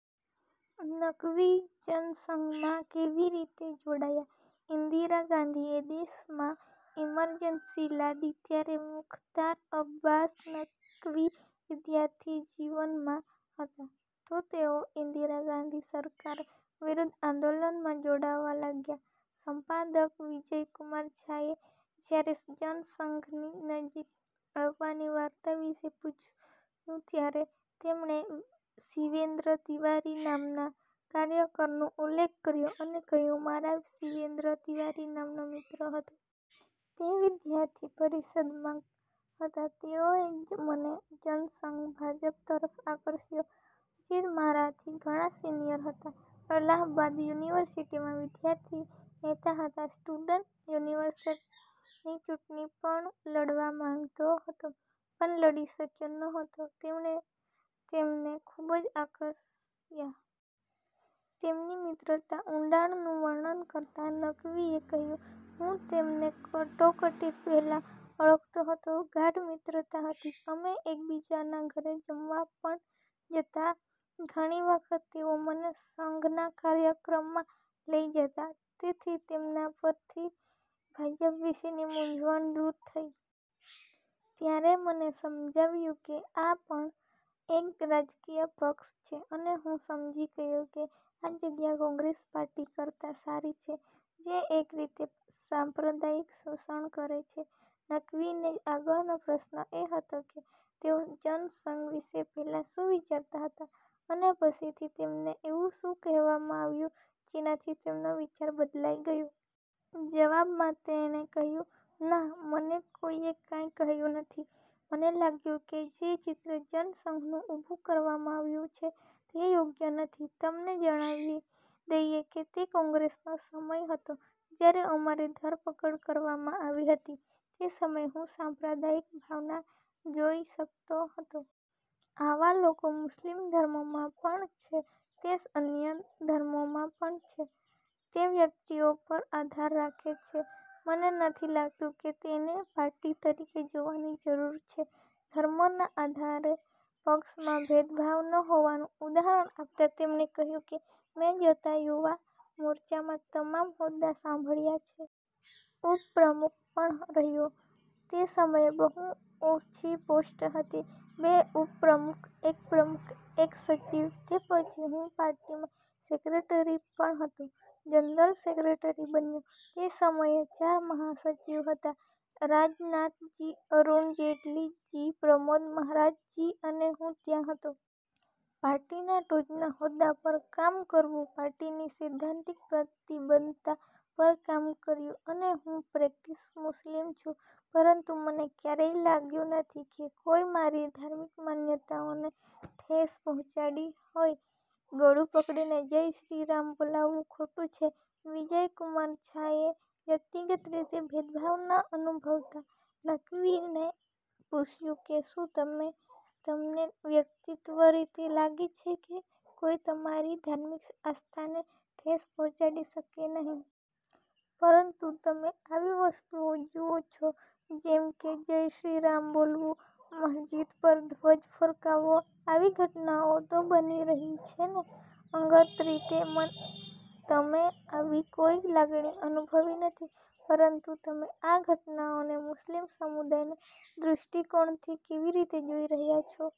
નકવી જનસંઘમાં કેવી રીતે જોડાયા? ઈન્દિરા ગાંધીએ દેશમાં ઈમરજન્સી લાદી ત્યારે મુખ્તાર અબ્બાસ નકવી વિદ્યાર્થી જીવનમાં હતા. તો, તેઓ ઇન્દિરા ગાંધી સરકાર વિરુદ્ધ આંદોલનમાં જોડાવા લાગ્યા. સંપાદક વિજય કુમાર ઝાએ જ્યારે જનસંઘની નજીક આવવાની વાર્તા વિશે પૂછ્યું, ત્યારે તેમણે શિવેન્દ્ર તિવારી નામના કાર્યકરનો ઉલ્લેખ કર્યો અને કહ્યું, "મારો શિવેન્દ્ર તિવારી નામનો મિત્ર હતો. તે વિદ્યાર્થી પરિષદમાં હતા. તેઓએ જ મને જનસંઘ/ભાજપ તરફ આકર્ષ્યો. તે મારાથી ઘણા સિનિયર હતા. અલ્હાબાદ યુનિવર્સિટીમાં વિદ્યાર્થી નેતા હતા. સ્ટુડન્ટ યુનિયનની ચૂંટણી પણ લડવા માંગતો હતો, પણ લડી શક્યો નહોતો. તેમણે તેમને ખૂબ આકર્ષ્યા. તેમની મિત્રતાના ઊંડાણનું વર્ણન કરતાં, નકવીએ કહ્યું, "હું તેમને કટોકટી પહેલા ઓળખતો હતો. ગાઢ મિત્રતા હતી. અમે એકબીજાના ઘરે જમવા પણ જતા. ઘણી વખત તેઓ મને સંઘના કાર્યક્રમમાં લઈ જતા. તેથી તેમના પરથી ભાજપ વિશેની મૂંઝવણ દૂર થઈ. ત્યારે મને સમજાયું કે, આ પણ એક રાજકીય પક્ષ છે અને હું સમજી ગયો કે, આ જગ્યા કોંગ્રેસ પાર્ટી કરતા સારી છે, જે એક રીતે સાંપ્રદાયિક શોષણ કરે છે. નકવીને આગળનો પ્રશ્ન એ હતો કે, તેઓ જનસંઘ વિશે પહેલા શું વિચારતા હતા અને પછીથી તેમને એવું શું કહેવામાં આવ્યું, જેનાથી તેમનો વિચાર બદલાઈ ગયો? જવાબમાં, તેણે કહ્યું, "ના! મને કોઈએ કાઈ કહ્યું નથી. મને લાગ્યું કે જે ચિત્ર જનસંઘનું ઉભુ કરવામાં આવ્યું છે તે યોગ્ય નથી. તમને જણાવી દઈએ કે, તે કોંગ્રેસનો સમય હતો, જ્યારે અમારી ધરપકડ કરવામાં આવી હતી, તે સમયે હું સાંપ્રદાયિક ભાવના જોઈ શકતો હતો. આવા લોકો મુસ્લિમ ધર્મમાં પણ છે. તે અન્ય ધર્મોમાં પણ છે. તે વ્યક્તિઓ પર આધાર રાખે છે. મને નથી લાગતું કે, તેને પાર્ટી તરીકે જોવાની જરૂર છે. " ધર્મના આધારે પક્ષમાં ભેદભાવ ન હોવાનું ઉદાહરણ આપતાં તેમણે કહ્યું કે, "મેં જનતા યુવા મોરચામાં તમામ હોદ્દા સંભાળ્યા છે. ઉપપ્રમુખ પણ રહ્યો. તે સમયે બહુ ઓછી પોસ્ટ હતી. બે ઉપપ્રમુખ, એક પ્રમુખ, એક સચિવ, તે પછી હું પાર્ટીમાં સેક્રેટરી પણ હતો. જનરલ સેક્રેટરી બન્યો. તે સમયે ચાર મહાસચિવ હતા, રાજનાથ જી, અરુણ જેટલી જી, પ્રમોદ મહાજન જી અને હું ત્યાં હતો. પાર્ટીના ટોચના હોદ્દા પર કામ કર્યું. પાર્ટીની સૈદ્ધાંતિક પ્રતિબદ્ધતા પર કામ કર્યું. અને હું પ્રેક્ટિસ મુસ્લિમ છું. પરંતુ મને ક્યારેય લાગ્યું નથી કે, કોઈ મારી ધાર્મિક માન્યતાઓને ઠેસ પહોંચાડી હોય. " 'ગળું પકડીને જય શ્રી રામ બોલવવું ખોટું છે' વિજય કુમાર ઝાએ વ્યક્તિગત રીતે ભેદભાવ ન અનુભવતા નકવીને પૂછ્યું કે, શું તમને વ્યક્તિગત રીતે લાગે છે કે, કોઈ તમારી ધાર્મિક આસ્થાને ઠેસ પહોંચાડી શકે નહીં. પરંતુ તમે આવી વસ્તુઓ જુઓ છો, જેમ કે- જય શ્રી રામ બોલાવવું, મસ્જિદ પર ધ્વજ ફરકાવવો, આવી ઘટનાઓ તો બની રહી છે ને? અંગત રીતે, તમે આવી કોઈ લાગણી અનુભવી નથી. પરંતુ તમે આ ઘટનાઓને મુસ્લિમ સમુદાયના દૃષ્ટિકોણથી કેવી રીતે જોઈ રહ્યા છો?